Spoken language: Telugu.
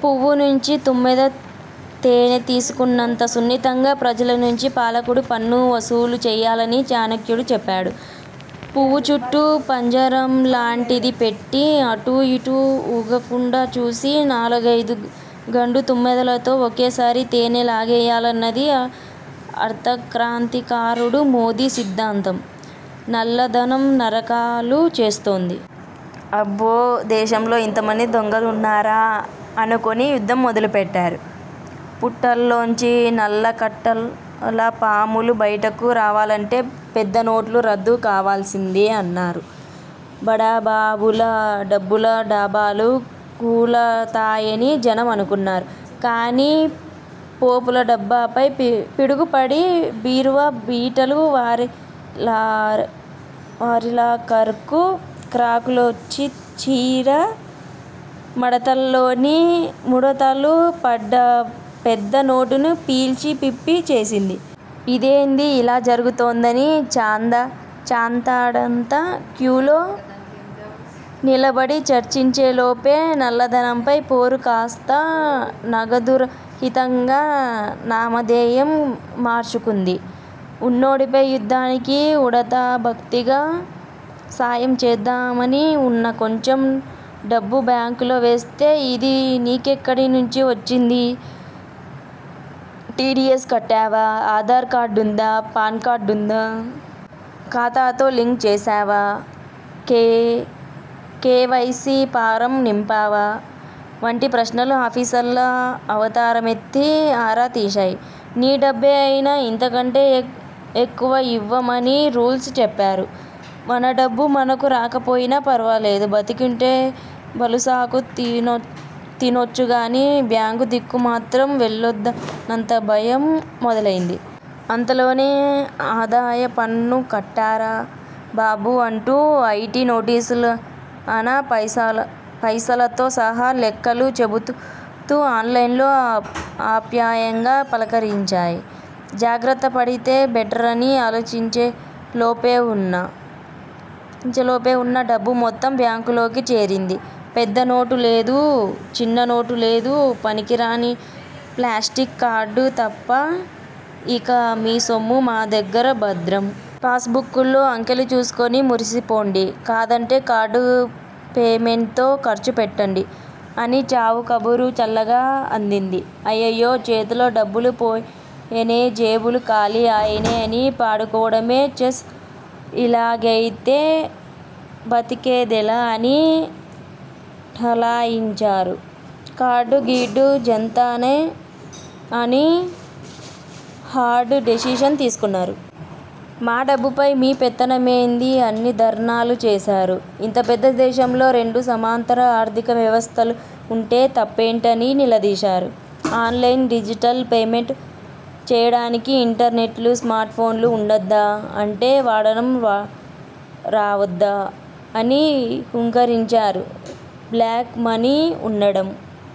పువ్వు నుంచి తుమ్మెద తేనె తీసుకున్నంత సున్నితంగా ప్రజల నుంచి పాలకుడు పన్ను వసూలు చేయాలని చాణక్యుడు చెప్పాడు. పువ్వు చుట్టూ పంజరంలాంటిది పెట్టి, అటూ ఇటూ ఊగకుండా చూసి, నాలుగైదు గండు తుమ్మెదలతో ఒకేసారి తేనె లాగేయాలన్నది అర్థక్రాంతికారుడు మోదీ సిద్ధాంతం. నల్ల ధనం నకరాలు చేస్తోంది. అబ్బో దేశంలో ఇంతమంది దొంగలున్నారా అనుకుని యుద్ధం మొదలుపెట్టారు. పుట్టల్లోంచి నల్ల కట్టల పాములు బయటకు రావాలంటే పెద్ద నోట్లు రద్దు కావాల్సిందే అన్నారు. బడాబాబుల డబ్బుల డాబాలు కూలతాయని జనం అనుకున్నారు. కానీ పోపుల డబ్బాపై పిడుగు పడి.. బీరువా బీటలు వారిలాకర్కు క్రాకులొచ్చిచీర మడతల్లోని ముడుతలు పడ్డ పెద్ద నోటును పీల్చి పిప్పి చేసింది. ఇదేంది ఇలా జరుగుతోందని.. చాంతాడంత క్యూలో నిలబడి చర్చించేలోపే.. నల్లధనంపై పోరు కాస్తా నగదురహితంగా నామధేయం మార్చుకుంది! ఉన్నోడిపై యుద్ధానికి ఉడతాభక్తిగా సాయం చేద్దామని ఉన్న కొంచెం డబ్బు బ్యాంకులో వేస్తే.. ఇది నీకెక్కడి నుంచి వచ్చింది? టీడీఎస్ కట్టావా? ఆధార్ కార్డుందా? పాన్ కార్డుందా? ఖాతాతో లింక్ చేశావా? కేవైసీ ఫారం నింపావా? వంటి ప్రశ్నలు ఆఫీసర్ల అవతారమెత్తి ఆరా తీశాయి. నీ డబ్బే అయినా ఇంతకంటే ఎక్కువ ఇవ్వం అని రూల్స్ చెప్పారు. మన డబ్బు మనకు రాకపోయినా పర్వాలేదు. బతికుంటే బలుసాకు తినొచ్చుగానీ బ్యాంకు దిక్కు మాత్రం వెళ్లొద్దన్నంత భయం మొదలైంది. అంతలోనే ఆదాయపన్ను కట్టరా బాబూ అంటూ ఐటీ నోటీసులుఅణా పైసలతో సహా లెక్కలు చెబుతూఆన్లైన్లో ఆప్యాయంగా పలకరించాయి. జాగ్రత్త పడితే బెటరని ఆలోచించేలోపేఉన్న డబ్బు మొత్తం బ్యాంకులోకి చేరింది. పెద్ద నోటూ లేదు. చిన్న నోటూ లేదు. పనికిరాని ప్లాస్టిక్ కార్డు తప్ప! ఇక మీ సొమ్ము మా దగ్గర భద్రం.. పాస్ బుక్కుల్లో అంకెలు చూసుకుని మురిసిపోండి.. కాదంటే కార్డు పేమెంట్తో ఖర్చు పెట్టండి.. అని చావు కబురు చల్లగా అందింది! అయ్యయ్యో చేతులో డబ్బులు పోయెనేజేబులు ఖాళీ ఆయనే.. అని పాడుకోవడమే. ఛస్.. ఇలాగైతే బతికేదెలా అని ఠలాయించారు. కార్డు గీర్డు జాన్తా నై అని హార్డ్ డెసిషన్ తీసుకున్నారు. మా డబ్బుపై మీ పెత్తనమేంది అని ధర్నాలు చేశారు. ఇంత పెద్ద దేశంలో రెండు సమాంతర ఆర్థిక వ్యవస్థలు ఉంటే తప్పేంటని నిలదీశారు. ఆన్లైన్, డిజిటల్ పేమెంట్ చేయడానికి ఇంటర్నెట్టు, స్మార్ట్ ఫోన్లు ఉండొద్దా? ఉంటే వాడడం రావొద్దా? అని హూంకరించారు. బ్లాక్ మనీ ఉండడం